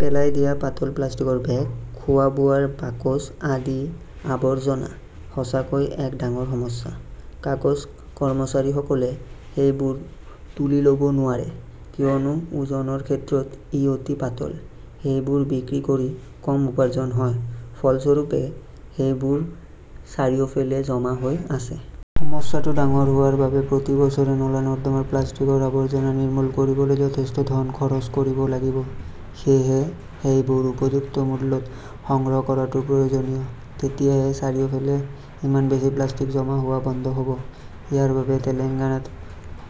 পেলাই দিয়া পাতল প্লাষ্টিকৰ বেগ, খোৱা-বোৱাৰ বাকচ আদি আৱৰ্জনা সঁচাকৈয়ে এক ডাঙৰ সমস্যা। কাগজ-কৰ্মচাৰীসকলে সেইবোৰ তুলি ল'ব নোৱাৰে, কিয়নো ওজনৰ ক্ষেত্ৰত ই অতি পাতল সেইবোৰ বিক্ৰী কৰি কম উপাৰ্জন হয়। ফলস্বৰূপে সেইবোৰ চাৰিওফালে জমা হৈ আছে। সমস্যাটো ডাঙৰ হোৱাৰ বাবে প্ৰতি বছৰে নলা-নৰ্দমা প্লাষ্টিকৰ আৱৰ্জনা নিৰ্মূল কৰিবলৈ যথেষ্ট ধন খৰচ কৰিব লাগিব, সেয়েহে সেইবোৰ উপযুক্ত মূল্যত সংগ্ৰহ কৰাটো প্ৰয়োজনীয়। তেতিয়াহে চাৰিওফালে ইমান বেছি প্লাষ্টিক জমা হোৱা বন্ধ হ'ব। ইয়াৰ বাবেই তেলেংগানাত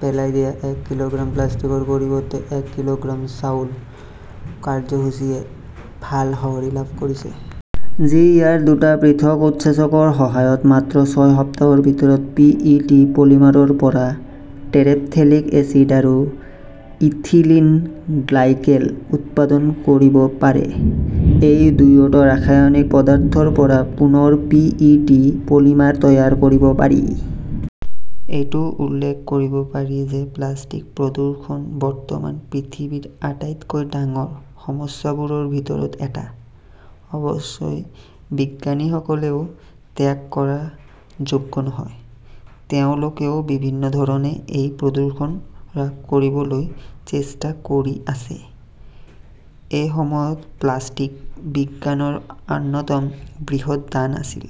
পেলাই দিয়া এক কিলোগ্ৰাম প্লাষ্টিকৰ পৰিৱৰ্তে এক কিলোগ্ৰাম চাউল কাৰ্যসূচীয়ে ভাল সঁহাৰি লাভ কৰিছে। যি ইয়াৰ দুটা পৃথক উৎসেচকৰ সহায়ত মাত্ৰ ছয় সপ্তাহৰ ভিতৰত পি. ই. টি. পলিমাৰৰ পৰা টেৰেপথেলিক এচিড আৰু ইথিলিন গ্লাইকেল উৎপাদন কৰিব পাৰে। এই দুয়োটা ৰাসায়নিক পদাৰ্থৰ পৰা পুনৰ পি. ই. টি. পলিমাৰ তৈয়াৰ কৰিব পাৰি। এইটো উল্লেখ কৰিব পাৰি যে প্লাষ্টিক প্ৰদূষণ বৰ্তমান পৃথিৱীৰ আটাইতকৈ ডাঙৰ সমস্যাবোৰৰ ভিতৰত এটা। অৱশ্যে, বিজ্ঞানীসকলেও ত্যাগ কৰাৰ যোগ্য নহয়। তেওঁলোকেও বিভিন্ন ধৰণে এই প্ৰদূষণ হ্ৰাস কৰিবলৈ চেষ্টা কৰি আছে। এসময়ত প্লাষ্টিক বিজ্ঞানৰ অন্যতম বৃহৎ দান আছিল।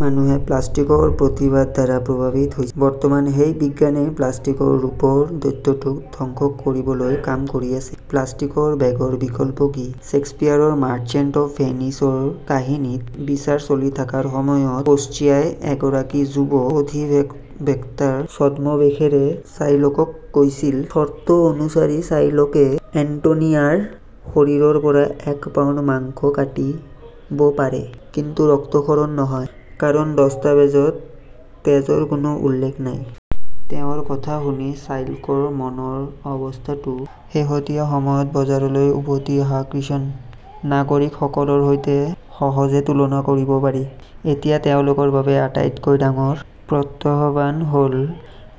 মানুহে প্লাষ্টিকৰ প্ৰতিভাৰ দ্বাৰা প্ৰভাৱিত হৈছিল। বৰ্তমান সেই বিজ্ঞানেই প্লাষ্টিকৰ ৰূপৰ দৈত্যটোক ধ্বংস কৰিবলৈ কাম কৰি আছে। প্লাষ্টিকৰ বেগৰ বিকল্প কি? শ্বেক্সপীয়াৰৰ মাৰ্চেণ্ট অৱ ভেনিচৰ কাহিনীত বিচাৰ চলি থকাৰ সময়ত পোৰ্চিয়াই এগৰাকী যুৱ অধিবক্তাৰ ছদ্মবেশেৰে শ্বাইলকক কৈছিল, চৰ্ত অনুসৰি শ্বাইলকে এন্টোনিঅৰ শৰীৰৰ পৰা এক পাউণ্ড মাংস কাটিব পাৰে, কিন্তু ৰক্তক্ষৰণ নহয়, কাৰণ দস্তাবেজত তেজৰ কোনো উল্লেখ নাই। তেওঁৰ কথা শুনি শ্বাইলকৰ মনৰ অৱস্থাটো শেহতীয়া সময়ত বজাৰলৈ উভতি অহা কৃষ্ণ নাগৰিকসকলৰ সৈতে সহজে তুলনা কৰিব পাৰি। এতিয়া তেওঁলোকৰ বাবে আটাইতকৈ ডাঙৰ প্ৰত্যাহ্বান হ'ল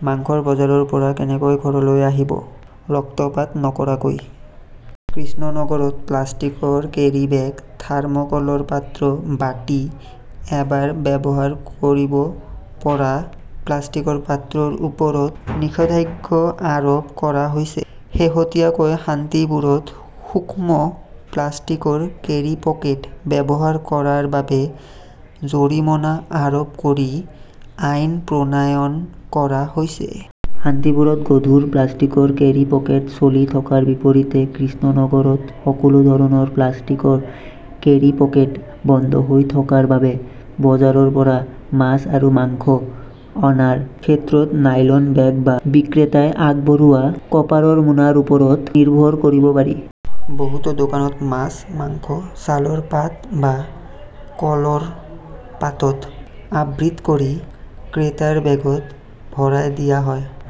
মাংসৰ বজাৰৰ পৰা কেনেকৈ ঘৰলৈ আহিব ৰক্তপাত নকৰাকৈ। কৃষ্ণনগৰত প্লাষ্টিকৰ কেৰীবেগ, থাৰ্ম কলৰ পাত্ৰ, বাটি, এবাৰ ব্যৱহাৰ কৰিব পৰা প্লাষ্টিকৰ পাত্ৰৰ ওপৰত নিষেধাজ্ঞা আৰোপ কৰা হৈছে। শেহতীয়াকৈ শান্তিপুৰতো সূক্ষ্ম প্লাষ্টিকৰ কেৰিপকেট ব্যৱহাৰ কৰাৰ বাবে জৰিমনা আৰোপ কৰি আইন প্ৰণয়ন কৰা হৈছে। শান্তিপুৰত গধুৰ প্লাষ্টিকৰ কেৰিপকেট চলি থকাৰ বিপৰীতে কৃষ্ণনগৰত সকলো ধৰণৰ প্লাষ্টিকৰ কেৰিপকেট বন্ধ হৈ থকাৰ বাবে বজাৰৰ পৰা মাছ আৰু মাংস অনাৰ ক্ষেত্ৰত নাইলন বেগ বা বিক্ৰেতাই আগবঢ়োৱা কাপোৰৰ মোনাৰ ওপৰত নিৰ্ভৰ কৰিব পাৰি। বহুতো দোকানত মাছ, মাংস শালৰ পাত বা কলৰ পাতত আবৃত কৰি ক্ৰেতাৰ বেগত ভৰাই দিয়া হয়।